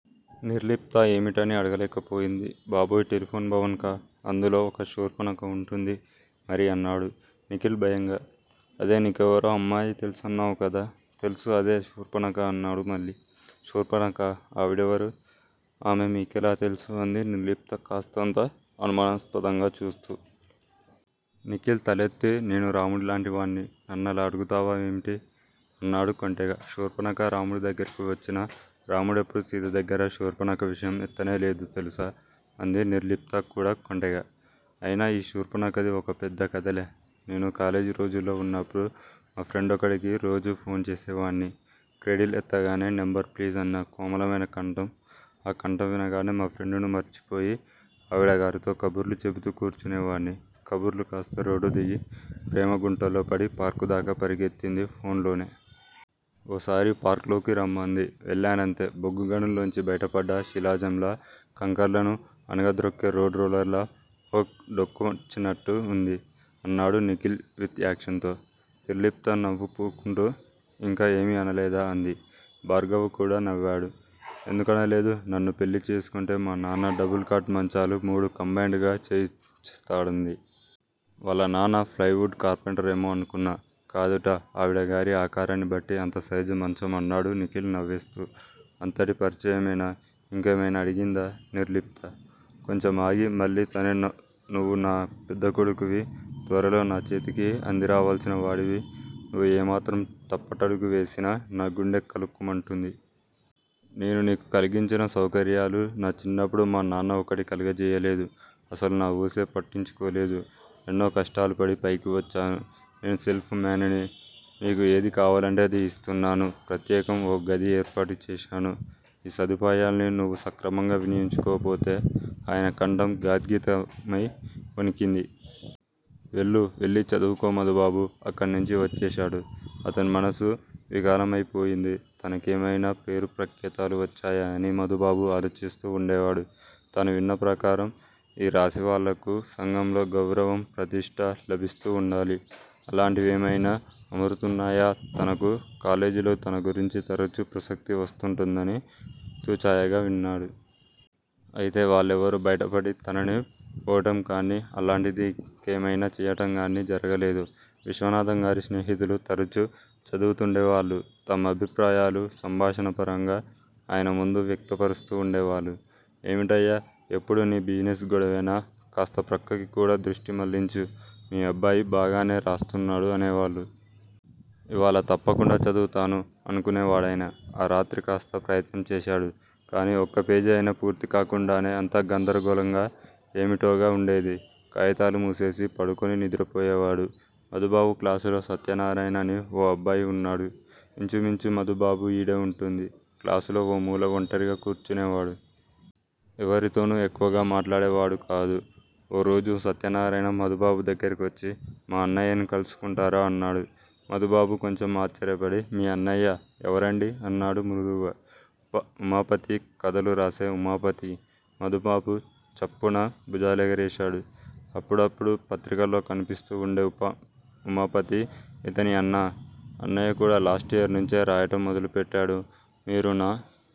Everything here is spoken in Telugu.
నిర్లిప్త ఏమిటని అడగలేకపోయింది. బాబోయ్ టెలిఫోన్ భవన్ కా? అందులో ఒక శూర్పనక వుంటుంది మరి అన్నాడు నిఖిల్ భయంగా. అదే నీకెవరో అమ్మాయి తెలుసన్నావ్ కదా! తెలుసు అదే శూర్పనఖ అన్నాడు మళ్ళీ. శూర్పనఖా ఆవిడెవరు? ఆమె మీకెలా తెలుసు? అంది నిర్లిప్త కాస్తంత అనుమానాస్పదంగా చూస్తూ. నిఖిల్ తలెత్తి నేను రాముడి లాంటివాన్ని. నన్నలా అడుగుతా వేమిటి? అన్నాడు కొంటెగా. శూర్పనఖ రాముడి దగ్గరకు వచ్చినా రాముడెప్పుడూ సీత దగ్గర శూర్పణఖ విషయం ఎత్తనే లేదు తెలుసా? అంది నిర్లిప్త కూడా కొంటెగా. అయినా ఈ శూర్పనఖది ఓ పెద్ద కథలే! నేను కాలేజీ రోజుల్లో వున్నప్పుడు మా ఫ్రెండొకడికి రోజూ ఫోన్ చేసేవాడ్ని క్రెడిల్ ఎత్తగానే నంబర్ ప్లీజ్ అన్న కోమలమైన కంఠం ఆ కంఠం వినగానే మా ఫ్రెండును మర్చిపోయి ఆవిడగారితో కబుర్లు చెపుతూ కూర్చునేవాడ్ని కబుర్లు కాస్త రోడ్డు దిగి ప్రేమ గుంటల్లో పడి పార్క్ దాకా పరిగెత్తింది ఫోన్ లోనే. ఓసారి పార్క్లోకి రమ్మంది. వెళ్ళానంతే! బొగ్గు గనుల్లోంచి బయటపడ్డ శిలాజంలా కంకర్లను అణగద్రొక్కే రోడ్ రోలర్ లా 'ఓక్' డోకొచ్చినట్టు వుంది అన్నాడు నిఖిల్ విత్ యాక్షన్ తో. నిర్లిప్త నవ్వుపుకుంటూ ఇంకా ఏమీ అనలేదా? అంది. భార్గవ కూడా నవ్వాడు. ఎందుకనలేదు. నన్ను పెళ్ళి చేసుకుంటే మా నాన్న డబుల్ కాట్ మంచాలు మూడు కంబైండ్ గా చేయించిస్తాడంది. వాళ్ళ నాన్న ఫ్లయివుడ్ కార్పెంటరేమో అనుకున్నా, కాదట ఆవిడగారి ఆకారాన్నిబట్టి అంత సైజు మంచం అన్నాడు నిఖిల్ నవ్వేస్తూ. అంతటి పరిచయమేనా? ఇంకేమైనా అడిగిందా నిర్లిప్త. కొంచెం ఆగి, మళ్ళీ తనే నువ్వు నా పెద్దకొడుకువి. త్వరలో నా చేతికి అందిరావాల్సిన వాడివి. నువ్వు ఏమాత్రం తప్పటడుగు వేసినా నా గుండె కళుక్కుమంటుంది. నీకు నేను కలిగించిన సౌకర్యాలు, నా చిన్నప్పుడు మా నాన్న ఒక్కటి కలుగజెయ్యలేదు. అసలు నా ఊసే పట్టించుకోలేదు. ఎన్నో కష్టాలుపడి పైకి వచ్చాను. నేను సెల్ఫ్ మేన్ ని. నీకు ఏది కావాలంటే అది యిస్తున్నాను. ప్రత్యేకం ఓ గది ఏర్పాటుచేశాను. ఈ సదుపాయాల్ని నువ్వు సక్రమంగా వినియోగించుకోపోతే ఆయన కంఠం గాద్గీతమై వణికింది. వెళ్ళు. వెళ్ళి చదువుకో మధుబాబు అక్కడినుంచి వచ్చేశాడు. అతని మనస్సు వికాలమైపోయింది. తన కేమైనా పేరుప్రఖ్యతలు వచ్చాయా అని మధుబాబు ఆలోచిస్తూ వుండేవాడు. తను విన్న ప్రకారం ఈ రాసివాళ్ళకు సంఘంలో గౌరవం, ప్రతిష్ట లభిస్తూ వుండాలి. అలాంటివేమయినా మురుతున్నాయా తనకు? కాలేజీలో తనగురించి తరుచు ప్రసక్తి వస్తూంటుందని చూచాయగా విన్నాడు. అయితే వాళ్ళెవరూ బయటపడి తనని పొగటంకాని, అలాంటిది ఇంకేమయినా చెయ్యటంకాని జరగలేదు. విశ్వనాథంగారి స్నేహితులు తరచు చదువుతూండేవాళ్లు. తమ అభిప్రాయాలు సంభాషణపరంగా ఆయనముందు వ్యక్తపరుస్తూ వుండేవాళ్ళు ఏమిటయ్యా ఎప్పుడూ నీ బిజినెస్ గొడవేనా? కాస్త ప్రక్కకి కూడా దృష్టి మళ్ళించు. మీ అబ్బాయి బాగానే రాస్తున్నాడు అనేవాళ్ళు. ఇవాళ తప్పకుండా చదువుతాను అనుకునేవాడాయన. ఆ రాత్రి కాస్త ప్రయత్నం చేశాడు. కాని ఒక్కపేజి అయినా పూర్తికాకుండానే అంతా గందరగోళంగా, ఏమిటోగా వుండేది. కాయితాలు మూసేసి పడుకుని నిద్రపోయేవాడు. మధుబాబు క్లాసులో సత్యనారాయణ అని ఓ అబ్బాయి వున్నాడు. ఇంచుమించు మధుబాబు యీడే వుంటుంది. క్లాసులో ఓ మూల వంటరిగా కూర్చునే వాడు. ఎవరితోనూ ఎక్కువగా మాట్లాడేవాడు కాదు. ఓ రోజు సత్యనారాయణ మధుబాబు దగ్గరకొచ్చి మా అన్నయ్యని కలుసుకుంటారా? అన్నాడు. మధుబాబు కొంచెం ఆశ్చర్యపడి మీ అన్నయ్య ఎవరండీ? అన్నాడు మృదువుగా. ఉప ఉమాపతి, కథలురాసే ఉమాపతి. మధుబాబు చప్పున భుజాలెగరేశాడు. అప్పుడప్పుడూ పత్రికల్లో కనిపిస్తూ వుండే ఉప ఉమాపతి యితని అన్నా? అన్నయ్యకూడా లాస్ట్ ఇయర్ నుంచే రాయటం మొదలుపెట్టాడు. మీరు నా